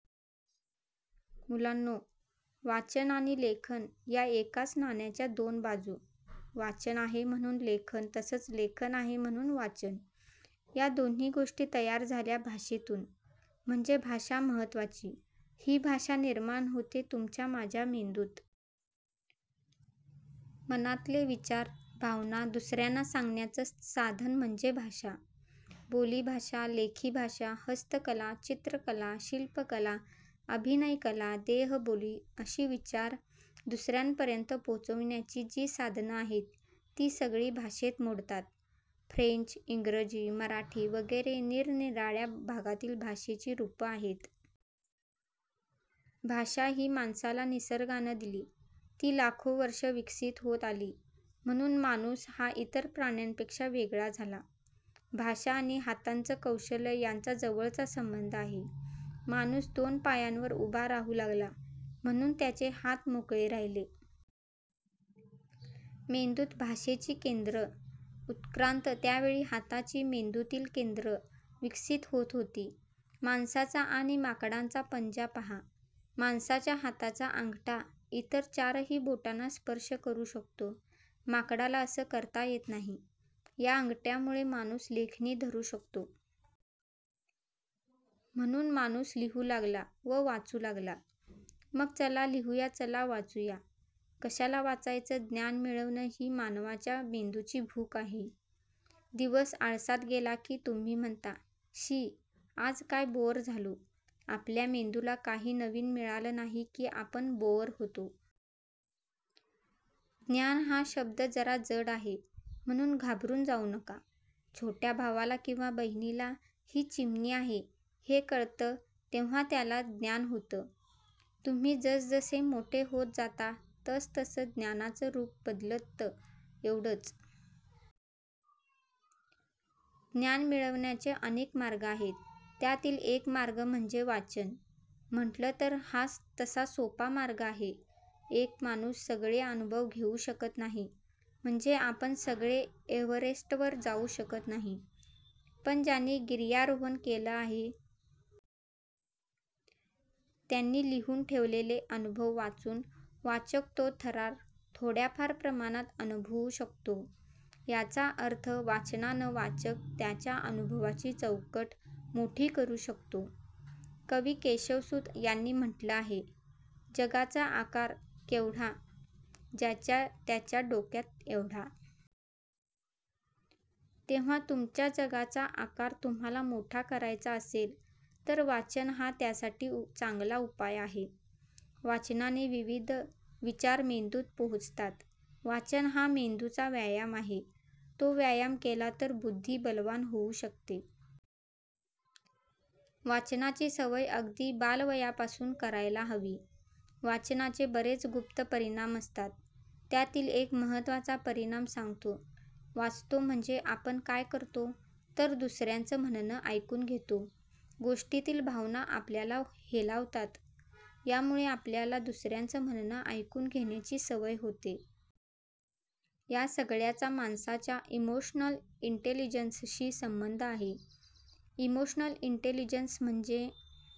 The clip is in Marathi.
मुलांनो, वाचन आणि लेखन या एकाच नाण्याच्या दोन बाजू. वाचन आहे म्हणून लेखन तसंच लेखन आहे म्हणून वाचन. या दोन्ही गोष्टी तयार झाल्या भाषेतून. म्हणजे भाषा महत्त्वाची. ही भाषा निर्माण होते तुमच्या माझ्या मेंदूत. मनातले विचार, भावना दुसऱ्यांना सांगण्याचं साधन म्हणजे भाषा. बोलीभाषा, लेखीभाषा, हस्तकला, चित्रकला, शिल्पकला, अभिनयकला, देहबोली अशी विचार दुसऱ्यांपर्यंत पोहोचविण्याची जी साधनं आहेत ती सगळी भाषेत मोडतात. फ्रेंच, इंग्रजी, मराठी वगैरे निरनिराळ्या भागातील भाषेची रूपं आहेत. भाषा ही माणसाला निसर्गानं दिली. ती लाखो वर्षं विकसित होत आली म्हणून माणूस हा इतर प्राण्यांपेक्षा वेगळा झाला. भाषा आणि हातांचं कौशल्य यांचा जवळचा संबंध आहे. माणूस दोन पायांवर उभा राहू लागला म्हणून त्याचे हात मोकळे राहिले. मेंदूत भाषेची केंद्रं उत्क्रांत त्यावेळी हाताची मेंदूतील केंद्रं विकसित होत होती. माणसाचा आणि माकडांचा पंजा पहा. माणसाच्या हाताचा अंगठा इतर चारही बोटांना स्पर्श करू शकतो. माकडाला असं करता येत नाही. या अंगठ्यामुळे माणूस लेखणी धरू शकतो. म्हणून माणूस लिहू लागला व वाचू लागला. मग चला लिहूया चला वाचूया. कशाला वाचायचं ज्ञान मिळवणं ही मानवाच्या मेंदूची भूक आहे. दिवस आळसात गेला की तुम्ही म्हणता, 'शी; आज काय बोअर झालो' आपल्या मेंदूला काही नवीन मिळालं नाही की आपण बोअर होतो. 'ज्ञान' हा शब्द जरा जड आहे म्हणून घाबरून जाऊ नका. छोट्या भावाला किंवा बहिणीला ही चिमणी आहे हे कळतं तेव्हा त्याला ज्ञान होतं. तुम्ही जसजसे मोठे होत जाता तसतसं ज्ञानाचं रूप बदलतं एवढंच. ज्ञान मिळवण्याचे अनेक मार्ग आहेत त्यातील एक मार्ग म्हणजे वाचन. म्हटलं तर हा तसा सोपा मार्ग आहे. एक माणूस सगळे अनुभव घेऊ शकत नाही म्हणजे आपण सगळे एव्हरेस्टवर जाऊ शकत नाही. पण ज्यांनी गिर्यारोहण केलं आहे. त्यांनी लिहून ठेवलेले अनुभव वाचून वाचक तो थरार थोड्याफार प्रमाणात अनुभवू शकतो. याचा अर्थ वाचनानं वाचक त्याच्या अनुभवाची चौकट मोठी करू शकतो. कवी केशवसूत यांनी म्हटलं आहे 'जगाचा आकार केवढा/ ज्याच्या त्याच्या डोक्यात एवढा'. तेव्हा तुमच्या जगाचा आकार तुम्हाला मोठा करायचा असेल तर वाचन हा त्यासाठी चांगला उपाय आहे. वाचनाने विविध विचार मेंदूत पोहोचतात. वाचन हा मेंदूचा व्यायाम आहे. तो व्यायाम केला तर बुद्धी बलवान होऊ शकते. वाचनाची सवय अगदी बालवयापासून करायला हवी. वाचनाचे बरेच गुप्त परिणाम असतात. त्यातील एक महत्त्वाचा परिणाम सांगतो. वाचतो म्हणजे आपण काय करतो तर दुसऱ्याचं म्हणणं ऐकून घेतो. गोष्टीतील भावना आपल्याला हेलावतात. यामुळे आपल्याला दुसऱ्याचं म्हणणं ऐकून घेण्याची सवय होते. या सगळ्याचा माणसाच्या 'इमोशनल इंटेलिजन्सशी' संबंध आहे. इमोशनल इंटेलिजन्स म्हणजे